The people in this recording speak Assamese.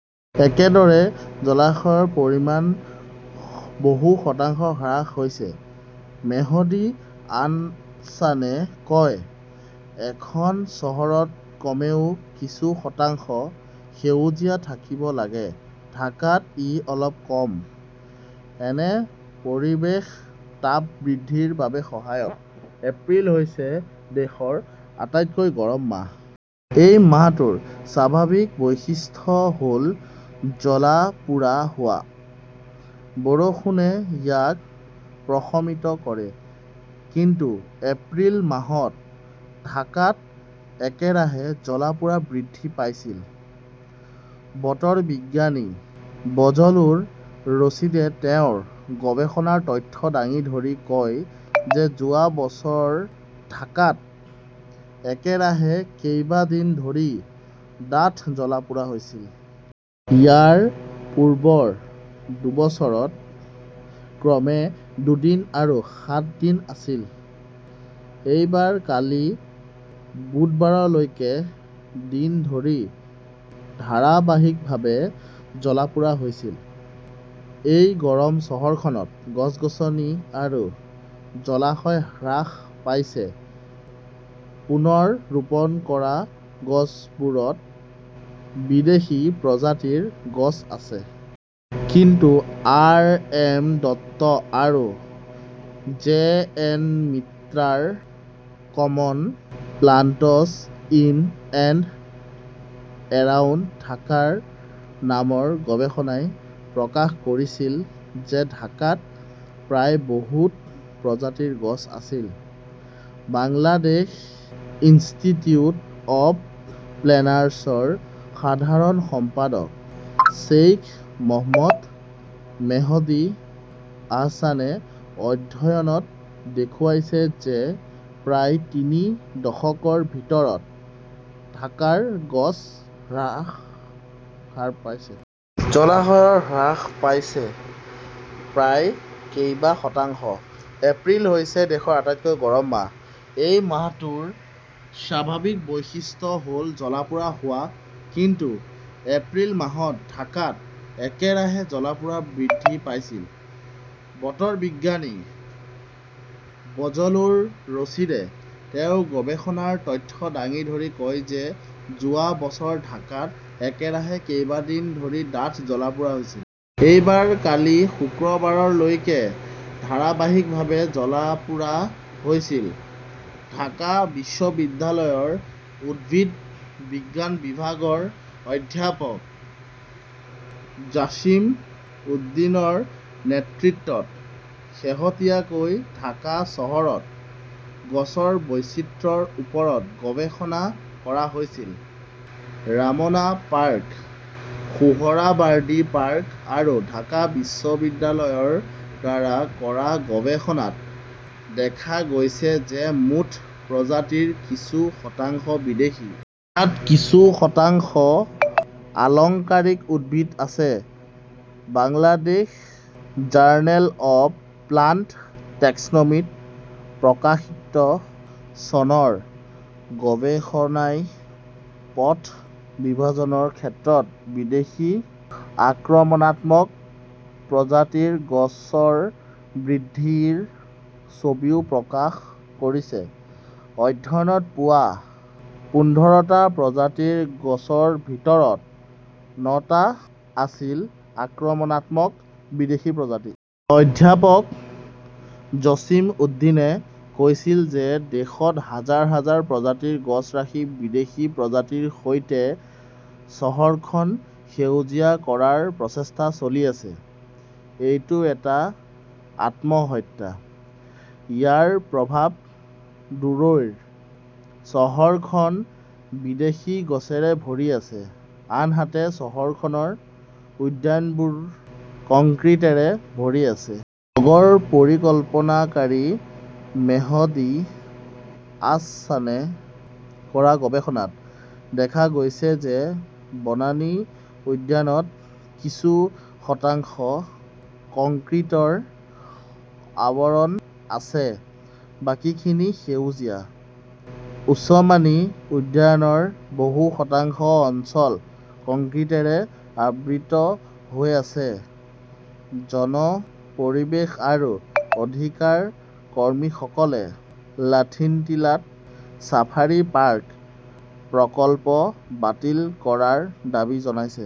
একেদৰে, জলাশয়ৰ পৰিমাণ বহু শতাংশ হ্ৰাস হৈছে। মেহদী আনছানে কয়, এখন চহৰত কমেও কিছু শতাংশ সেউজীয়া থাকিব লাগে। ঢাকাত ই অলপ কম। এনে পৰিৱেশ তাপ বৃদ্ধিৰ বাবে সহায়ক। এপ্ৰিল হৈছে দেশৰ আটাইতকৈ গৰম মাহ। এই মাহটোৰ স্বাভাৱিক বৈশিষ্ট্য হ'ল জ্বলা-পোৰা হোৱা। বৰষুণে ইয়াক প্ৰশমিত কৰে। কিন্তু এপ্ৰিল মাহত ঢাকাত একেৰাহে জ্বলা-পোৰা বৃদ্ধি পাইছিল। বতৰ বিজ্ঞানী বজলুৰ ৰছিদে তেওঁৰ গৱেষণাৰ তথ্য দাঙি ধৰি কয় যে যোৱা বছৰৰ ঢাকাত একেৰাহে কেইবা‌ দিন ধৰি ডাঠ জ্বলা-পোৰা হৈছিল। ইয়াৰ পূৰ্বৰ দুবছৰত ক্ৰমে দুদিন আৰু সাত দিন আছিল। এইবাৰ কালি বুধবাৰলৈকে দিন ধৰি ধাৰাবাহিকভাৱে জ্বলা-পোৰা হৈছিল। এই গৰম চহৰখনত গছ-গছনি আৰু জলাশয় হ্ৰাস পাইছে। পুনৰ ৰোপণ কৰা গছবোৰত বিদেশী প্ৰজাতিৰ গছ আছে। কিন্তু আৰ. এম. দত্ত আৰু জে. এন. মিত্ৰাৰ common plants in and around Dhaka নামৰ গৱেষণাই প্ৰকাশ কৰিছিল যে ঢাকাত প্ৰায় বহুত‌ প্ৰজাতিৰ গছ আছিল। বাংলাদেশ ইনষ্টিটিউট অৱ প্লেনাৰ্ছৰ সাধাৰণ সম্পাদক শ্বেইখ মহম্মদ মেহদী আহছানে অধ্যয়নত দেখুৱাইছে যে প্ৰায় তিনি দশকৰ ভিতৰত ঢাকাৰ গছৰ হাৰ হ্ৰাস পাইছে। জলাশয় হ্ৰাস পাইছে প্ৰায় কেইবা শতাংশ। এপ্ৰিল হৈছে দেশৰ আটাইতকৈ গৰম মাহ। এই মাহটোৰ স্বাভাৱিক বৈশিষ্ট্য হ'ল জ্বলা-পোৰা হোৱা। কিন্তু এপ্ৰিল মাহত ঢাকাত একেৰাহে জ্বলা-পোৰা বৃদ্ধি পাইছিল। বতৰ বিজ্ঞানী বজলুৰ ৰছিদে তেওঁৰ গৱেষণাৰ তথ্য দাঙি ধৰি কয় যে যোৱা বছৰ ঢাকাত একেৰাহে কেইবা দিন ধৰি ডাঠ জ্বলা-পোৰা হৈছিল। এইবাৰ কালি শুক্ৰবাৰলৈকে ধাৰাবাহিকভাৱে জ্বলা-পোৰা হৈছিল। ঢাকা বিশ্ববিদ্যালয়ৰ উদ্ভিদ বিজ্ঞান বিভাগৰ অধ্যাপক জাছিম উদিনৰ নেতৃত্বত শেহতীয়াকৈ ঢাকা চহৰত গছৰ বৈচিত্ৰ্যৰ ওপৰত গৱেষণা কৰা হৈছিল। ৰামনা পাৰ্ক, সোহৰাৱাৰ্ডি পাৰ্ক আৰু ঢাকা বিশ্ববিদ্যালয়ৰ দ্বাৰা কৰা গৱেষণাত দেখা গৈছে যে‌ মুঠ প্ৰজাতিৰ কিছু শতাংশ বিদেশী। ইয়াত কিছু শতাংশ আলংকাৰিক উদ্ভিদ আছে। বাংলাদেশ জাৰ্নেল অৱ প্লাণ্ট টেক্সনমীত প্ৰকাশিত চনৰ গৱেষণাই পথ বিভাজনৰ ক্ষেত্ৰত বিদেশী আক্ৰমণাত্মক প্ৰজাতিৰ গছৰ বৃদ্ধিৰ ছবিও প্ৰকাশ কৰিছে। অধ্যয়নত পোৱা পোন্ধৰটা প্ৰজাতিৰ গছৰ ভিতৰত নটা আছিল আক্ৰমণাত্মক বিদেশী প্ৰজাতি। অধ্যাপক জছিম উদ্দিনে কৈছিল যে দেশত হাজাৰ হাজাৰ প্ৰজাতিৰ গছ ৰাখি বিদেশী প্ৰজাতিৰ সৈতে চহৰখন সেউজীয়া কৰাৰ প্ৰচেষ্টা চলি আছে। এইটো এটা আত্মহত্যা। ইয়াৰ প্ৰভাৱ দূৰৈৰ। চহৰখন বিদেশী গছৰে ভৰি আছে, আনহাতে চহৰখনৰ উদ্যানবোৰ কংক্ৰিটেৰে ভৰি আছে। নগৰ পৰিকল্পনাকাৰী মেহদী আহছানে কৰা গৱেষণাত দেখা গৈছে যে বনানী উদ্যানত কিছু শতাংশ কংক্ৰিটৰ আৱৰণ আছে, বাকীখিনি সেউজীয়া। ওছমানী উদ্যানৰ বহু শতাংশ অঞ্চল কংক্ৰিটেৰে আবৃত হৈ আছে। জন পৰিৱেশ আৰু অধিকাৰ কৰ্মীসকলে লাথিট্টিলাত ছাফাৰী পাৰ্ক প্ৰকল্প বাতিল কৰাৰ দাবী জনাইছে।